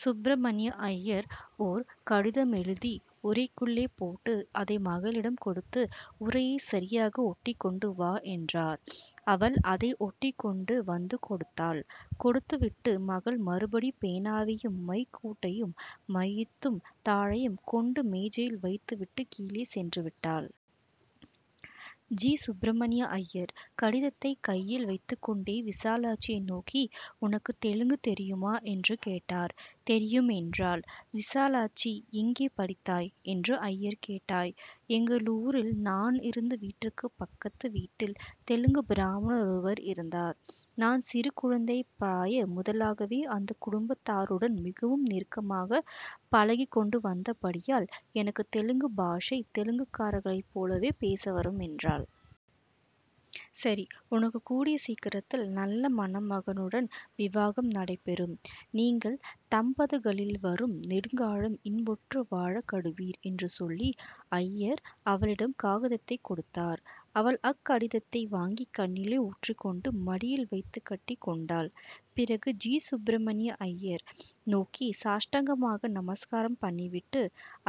சுப்பிரமணிய அய்யர் ஒரு கடிதமெழுதி உறைக்குள்ளே போட்டு, அதை மகளிடம் கொடுத்து ''உறையை சரியாக ஒட்டிக் கொண்டு வா'' என்றார். அவள் அதை ஒட்டிக் கொண்டு வந்து கொடுத்தாள். கொடுத்துவிட்டு, மகள் மறுபடி பேனாவையும், மைக்கூட்டையும் மையத்தும் தாளையும் கொண்டு மேஜையில் வைத்துவிட்டுக் கீழே சென்றுவிட்டாள். ஜீ. சுப்பிரமணிய அய்யர் கடிதத்தைக் கையில் வைத்துக் கொண்டே விசாலாட்சியை நோக்கி, ''உனக்குத் தெலுங்கு தெரியுமா? '' என்று கேட்டார். ''தெரியும்'' என்றாள் விசாலாட்சி. ''எங்கே படித்தாய்? '' என்று அய்யர் கேட்டார். ''எங்களூரில் நானிருந்த வீட்டுக்குப் பக்கத்து வீட்டில் தெலுங்குப் பிராமணரொருவர் இருந்தார். நான் சிறு குழந்தைப் பிராய முதலாகவே அந்தக் குடும்பத்தாருடன் மிகவும் நெருக்கமாக பழகிக் கொண்டு வந்தபடியால் எனக்குத் தெலுங்கு பாஷை தெலுங்கர்களைப் போலவே பேச வரும்'' என்றாள். ''சரி, உனக்குக் கூடிய சீக்கிரத்தில் நல்ல மணமகனுடன் விவாகம் நடைபெறும். நீங்கள் தம்பதிகளிருவரும் நெடுங்காலம் இன்புற்று வாழக் கடவீர்'' என்று சொல்லி, அய்யர் அவளிடம் காகிதத்தைக் கொடுத்தார். அவள் அக்கடித்தை வாங்கி கண்ணிலே ஒற்றிக்கொண்டு மடியில் வைத்துக் கட்டிக் கொண்டாள். பிறகு ஜீ. சுப்பிரமணிய அய்யரை நோக்கி சாஷ்டாங்கமாக நமஸ்காரம் பண்ணிவிட்டு,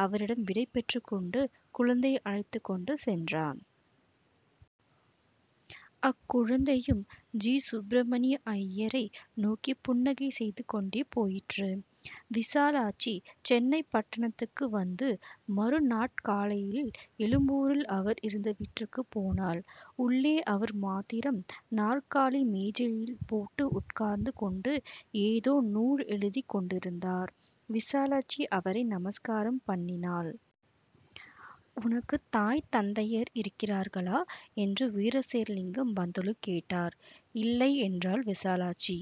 அவரிடம் விடை பெற்றுக் கொண்டு, குழந்தையை அழைத்துக் கொண்டு சென்றனள். அக்குழந்தையும் ஜீ. சுப்பிரமணிய அய்யரை நோக்கிப் புன்னகை செய்து கொண்டே போயிற்று. விசாலாட்சி சென்னைப்பட்டணத்துக்கு வந்து, மறுநாட் காலையில் எழும்பூரில் அவர் இருந்த வீட்டிற்குப் போனாள். உள்ளே அவர் மாத்திரம் நாற்காலி மேஜை போட்டு உட்கார்ந்து கொண்டு ஏதோ நூலெழுதிக் கொண்டிருந்தார். விசாலாட்சி அவரை நமஸ்காரம் பண்ணினாள். ''உனக்குத் தாய் தந்தையர் இருக்கிறார்களா? '' என்று வீரேசலிங்கம் பந்துலு கேட்டார். ''இல்லை'' என்றாள் விசாலாட்சி.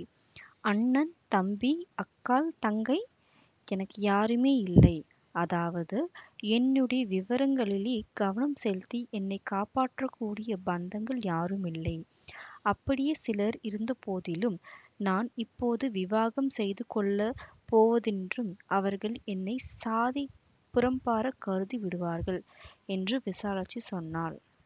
''அண்ணன், தம்பி, அக்காள், தங்கை-? '' ''எனக்கு யாருமே இல்லை. அதாவது, என்னுடைய விவகாரங்களிலே கவனம் செலுத்தி என்னைக் காப்பாற்றக்கூடிய பந்துக்கள் யாருமில்லை. அப்படியே சிலர் இருந்தபோதிலும், நான் இப்போது விவாகம் செய்துகொள்ளப் போவதினின்றும் அவர்கள் என்னை ஜாதிக்குப் புறம்பாகக் கருதி விடுவார்கள்'' என்று விசாலாட்சி சொன்னாள்.